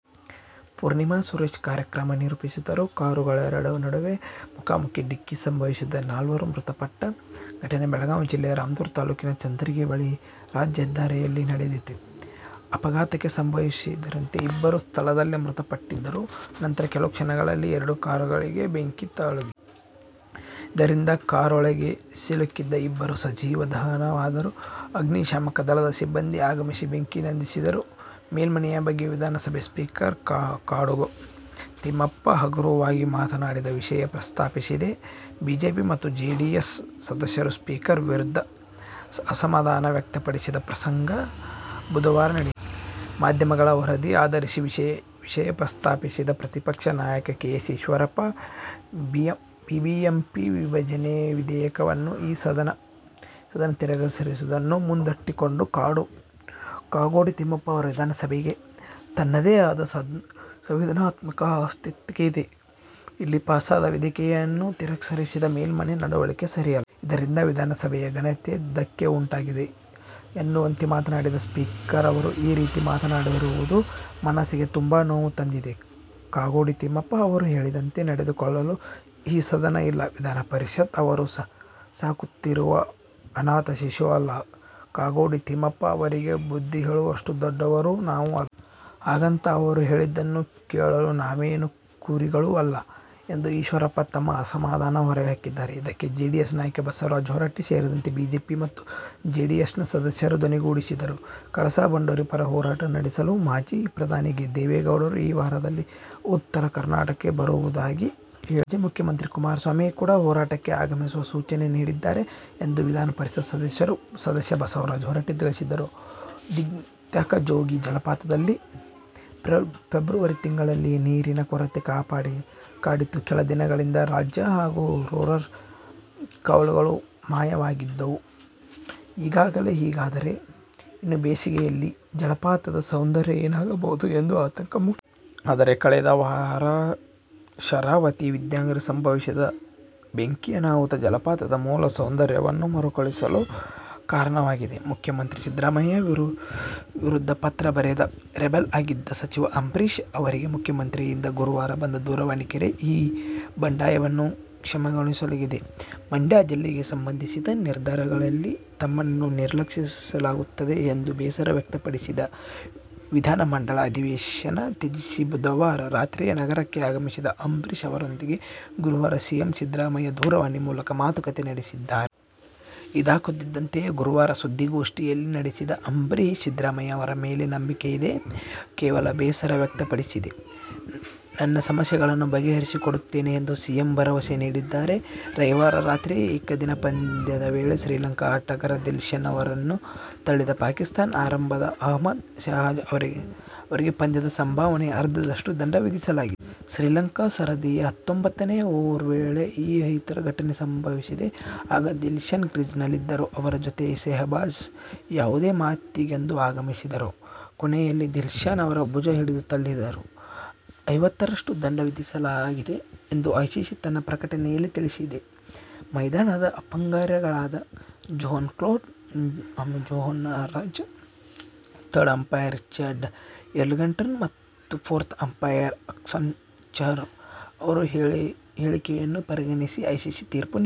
ಪೂರ್ಣಿಮಾ ಸುರೇಶ್ ಕಾರ್ಯಕ್ರಮ ನಿರೂಪಿಸಿದರು. ಕಾರುಗಳೆರಡರ ನಡುವೆ ಮುಖಾಮುಖೀ ಡಿಕ್ಕಿ ಸಂಭವಿಸಿ ನಾಲ್ವರು ಮೃತಪಟ್ಟ ಘಟನೆ ಬೆಳಗಾವಿ ಜಿಲ್ಲೆಯ ರಾಮದುರ್ಗ ತಾಲೂಕಿನ ಚಂದರಗಿ ಬಳಿ ರಾಜ್ಯ ಹೆದ್ದಾರಿಯಲ್ಲಿ ನಡೆದಿದೆ. ಅಪಘಾತ ಸಂಭವಿಸುತ್ತಿದ್ದಂತೆ ಇಬ್ಬರು ಸ್ಥಳದಲ್ಲೇ ಮೃತಪಟ್ಟಿದ್ದರು. ನಂತರ ಕೆಲ ಕ್ಷಣಗಳಲ್ಲಿಯೇ ಎರಡು ಕಾರುಗಳಿಗೆ ಬೆಂಕಿ ತಗುಲಿತು. ಇದರಿಂದಾಗಿ ಕಾರೊಳಗೆ ಸಿಲುಕಿದ್ದ ಇಬ್ಬರು ಸಜೀವ ದಹನವಾದರು. ಅಗ್ನಿ ಶಾಮಕ ದಳದ ಸಿಬ್ಬಂದಿ ಆಗಮಿಸಿ ಬೆಂಕಿ ನಂದಿಸಿದರು. ಮೇಲ್ಮನೆಯ ಬಗ್ಗೆ ವಿಧಾನಸಭೆ ಸ್ಪೀಕರ್ ಕಾಗೋಡು ತಿಮ್ಮಪ್ಪ "ಹಗುರ'ವಾಗಿ ಮಾತನಾಡಿದ ವಿಷಯ ಪ್ರಸ್ತಾಪಿಸಿದ ಬಿಜೆಪಿ ಮತ್ತು ಜೆಡಿಎಸ್ ಸದಸ್ಯರು ಸ್ಪೀಕರ್ ವಿರುದ್ಧ ಅಸಮಾಧಾನ ವ್ಯಕ್ತಪಡಿಸಿದ ಪ್ರಸಂಗ ಬುಧವಾರ ನಡೆಯಿತು. ಮಾಧ್ಯಮಗಳ ವರದಿ ಆಧರಿಸಿ ವಿಷಯ ಪ್ರಸ್ತಾಪಿಸಿದ ಪ್ರತಿಪಕ್ಷ ನಾಯಕ ಕೆ. ಎಸ್. ಈಶ್ವರಪ್ಪ, ಬಿಬಿಎಂಪಿ ವಿಭಜನೆ ವಿಧೇಯಕವನ್ನು ಈ ಸದನ ತಿರಸ್ಕರಿಸಿದ್ದನ್ನು ಮುಂದಿಟ್ಟುಕೊಂಡು ಕಾಗೋಡು ತಿಮ್ಮಪ್ಪ ಅವರು "ವಿಧಾನಸಭೆಗೆ ತನ್ನದೇ ಆದ ಸಂವಿಧಾನಾತ್ಮಕ ಅಸ್ತಿತ್ವ ಇದೆ. ಇಲ್ಲಿ ಪಾಸಾದ ವಿಧೇಯಕವನ್ನು ತಿರಸ್ಕರಿಸಿದ ಮೇಲ್ಮನೆ ನಡವಳಿಕೆ ಸರಿಯಲ್ಲ. ಇದರಿಂದ ವಿಧಾನಸಭೆಯ ಘನತೆಗೆ ಧಕ್ಕೆ ಉಂಟಾಗಿದೆ' ಎನ್ನುವಂತೆ ಮಾತನಾಡಿದ್ದಾರೆ. ಸ್ಪೀಕರ್ ಅವರು ಈ ರೀತಿ ಮಾತನಾಡಿರುವುದು ಮನಸ್ಸಿಗೆ ತುಂಬಾ ನೋವು ತಂದಿದೆ. ಕಾಗೋಡು ತಿಮ್ಮಪ್ಪ ಅವರು ಹೇಳಿದಂತೆ ನಡೆದುಕೊಳ್ಳಲು ಈ ಸದನ ಇಲ್ಲ. ವಿಧಾನಪರಿಷತ್ ಅವರು ಸಾಕುತ್ತಿರುವ ಅನಾಥ ಶಿಶು ಅಲ್ಲ. ಕಾಗೋಡು ತಿಮ್ಮಪ್ಪ ಅವರಿಗೆ ಬುದ್ಧಿ ಹೇಳುವಷ್ಟು ದೊಡ್ಡವರು ನಾವು ಅಲ್ಲ. ಹಾಗಂತ ಅವರು ಹೇಳಿದ್ದನ್ನು ಕೇಳಲು ನಾವೇನು "ಕುರಿಗಳೂ' ಅಲ್ಲ ಎಂದು ಈಶ್ವರಪ್ಪ ತಮ್ಮ ಅಸಮಧಾನ ಹೊರಹಾಕಿದರು. ಇದಕ್ಕೆ ಜೆಡಿಎಸ್ ನಾಯಕ ಬಸವರಾಜ ಹೊರಟ್ಟಿ ಸೇರಿದಂತೆ ಬಿಜೆಪಿ ಮತ್ತು ಜೆಡಿಎಸ್ನ ಸದಸ್ಯರು ಧ್ವನಿಗೂಡಿಸಿದರು. ಕಳಸಾ-ಬಂಡೂರಿ ಪರ ಹೋರಾಟ ನಡೆಸಲು ಮಾಜಿ ಪ್ರಧಾನಿ ದೇವೇಗೌಡರು ಈ ವಾರದಲ್ಲಿ ಉತ್ತರ ಕರ್ನಾಟಕಕ್ಕೆ ಬರುವುದಾಗಿ ಹೇಳಿದ್ದಾರೆ. ಮಾಜಿ ಮುಖ್ಯಮಂತ್ರಿ ಕುಮಾರಸ್ವಾಮಿ ಕೂಡ ಹೋರಾಟಕ್ಕೆ ಆಗಮಿಸುವ ಸೂಚನೆ ನೀಡಿದ್ದಾರೆ ಎಂದು ವಿಧಾನ ಪರಿಷತ್ ಸದಸ್ಯ ಬಸವರಾಜ ಹೊರಟ್ಟಿ ತಿಳಿಸಿದರು. ಜಗದ್ವಿಖ್ಯಾತ ಜೋಗ ಜಲಪಾತದಲ್ಲಿ ಫೆಬ್ರವರಿ ತಿಂಗಳಿನಲ್ಲಿಯೇ ನೀರಿನ ಕೊರತೆ ಕಾಡಿತ್ತು. ಕೆಲ ದಿನಗಳಿಂದ ರಾಜ ಹಾಗೂ ರೋರರ್ ಕವಲುಗಳು ಮಾಯವಾಗಿದ್ದವು. ಈಗಲೇ ಹೀಗಾದರೆ ಇನ್ನು ಬೇಸಿಗೆಯಲ್ಲಿ ಜಲಪಾತದ ಸೌಂದರ್ಯ ಏನಾಗಬಹುದು ಎಂಬ ಆತಂಕ ಮೂಡಿತ್ತು. ಆದರೆ, ಕಳೆದ ಗುರುವಾರ ಶರಾವತಿ ವಿದ್ಯುದಾಗಾರದಲ್ಲಿ ಸಂಭವಿಸಿದ ಬೆಂಕಿ ಅನಾಹುತ, ಜಲಪಾತದ ಮೂಲ ಸೌಂದರ್ಯವನ್ನು ಮರುಕಳಿಸಲು ಕಾರಣವಾಗಿದೆ. ಮುಖ್ಯಮಂತ್ರಿ ಸಿದ್ದರಾಮಯ್ಯ ವಿರುದ ಪತ್ರ ಬರೆದು ರೆಬೆಲ್ ಆಗಿದ್ದ ಸಚಿವ ಅಂಬರೀಶ್ ಅವರಿಗೆ ಮುಖ್ಯಮಂತ್ರಿಯಿಂದ ಗುರುವಾರ ಬಂದ ದೂರವಾಣಿ ಕರೆ ಈ ಬಂಡಾಯವನ್ನು ಶಮನಗೊಳಿಸಿದೆ. ಮಂಡ್ಯ ಜಿಲ್ಲೆಗೆ ಸಂಬಂಧಿಸಿದ ನಿರ್ಧಾರಗಳಲ್ಲಿ ತಮ್ಮನ್ನು ನಿರ್ಲಕ್ಷಿಸಲಾಗುತ್ತಿದೆ ಎಂದು ಬೇಸರ ವ್ಯಕ್ತಪಡಿಸಿ ವಿದಾನಮಂಡಲ ಅಧಿವೇಶನ ತ್ಯಜಿಸಿ ಬುಧವಾರ ರಾತ್ರಿಯೇ ನಗರಕ್ಕೆ ಆಗಮಿಸಿದ್ದ ಅಂಬರೀಶ್ ಅವರೊಂದಿಗೆ ಗುರುವಾರ ಸಿಎಂ ಸಿದ್ದರಾಮಯ್ಯ ದೂರವಾಣಿ ಮೂಲಕ ಮಾತುಕತೆ ನಡೆಸಿದ್ದಾರೆ. ಇದಾಗುತ್ತಿದ್ದಂತೆಯೇ ಗುರುವಾರ ಸುದ್ದಿಗೋಷ್ಠಿ ನಡೆಸಿದ ಅಂಬರೀಶ್, ಸಿದ್ದರಾಮಯ್ಯ ಅವರ ಮೇಲೆ ನಂಬಿಕೆಯಿದೆ. ಕೇವಲ ಬೇಸರ ವ್ಯಕ್ತಪಡಿಸಿದ್ದೆ. ನನ್ನ ಸಮಸ್ಯೆಗಳನ್ನು ಬಗೆಹರಿಸಿಕೊಡುತ್ತೇನೆ ಎಂದು ಸಿಎಂ ಭರವಸೆ ನೀಡಿದ್ದಾರೆ. ರವಿವಾರ ರಾತ್ರಿಯ ಏಕದಿನ ಪಂದ್ಯದ ವೇಳೆ ಶ್ರೀಲಂಕಾ ಆಟಗಾರ ದಿಲ್ಶನ್ ಅವರನ್ನು ತಳ್ಳಿದ ಪಾಕಿಸ್ಥಾನಿ ಆರಂಭಕಾರ ಅಹ್ಮದ್ ಶೆಹಜಾದ್ ಅವರಿಗೆ ಪಂದ್ಯ ಸಂಭಾವನೆಯ ಅರ್ಧದಷ್ಟು ದಂಡ ವಿಧಿಸಲಾಗಿದೆ. ಶ್ರೀಲಂಕಾ ಸರದಿಯ ಹತ್ತೊಂಭತ್ತನೇ ಓವರ್ ವೇಳೆ ಈ ಅಹಿತಕರ ಘಟನೆ ಸಂಭವಿಸಿತು. ಆಗ ದಿಲ್ಶನ್ ಕ್ರೀಸ್ನಲ್ಲಿದ್ದರು. ಅವರ ಜತೆ ಶೆಹಜಾದ್ ಯಾವುದೋ ಮಾತಿಗೆಂದು ಆಗಮಿಸಿದರು. ಕೊನೆಯಲ್ಲಿ ದಿಲ್ಶನ್ ಅವರ ಭುಜ ಹಿಡಿದು ತಳ್ಳಿದರು. ಐವತ್ತರಷ್ಟು ದಂಡ ವಿಧಿಸಲಾಗಿದೆ ಎಂದು ಐಸಿಸಿ ತನ್ನ ಪ್ರಕಟನೆಯಲ್ಲಿ ತಿಳಿಸಿದೆ. ಮೈದಾನದ ಅಂಪಾಯರ್ಗಳಾದ Johan Cloete, Shozab Raza, third umpire Richard Illingworth ಮತ್ತು ಫೋರ್ತ್ ಅಂಪಾಯರ್ ಅಹ್ಸಾನ್ ರಝ ಅವರ ಹೇಳಿಕೆಗಳನ್ನು ಪರಿಗಣಿಸಿ ಐಸಿಸಿ ತೀರ್ಪು ನೀಡಿದೆ.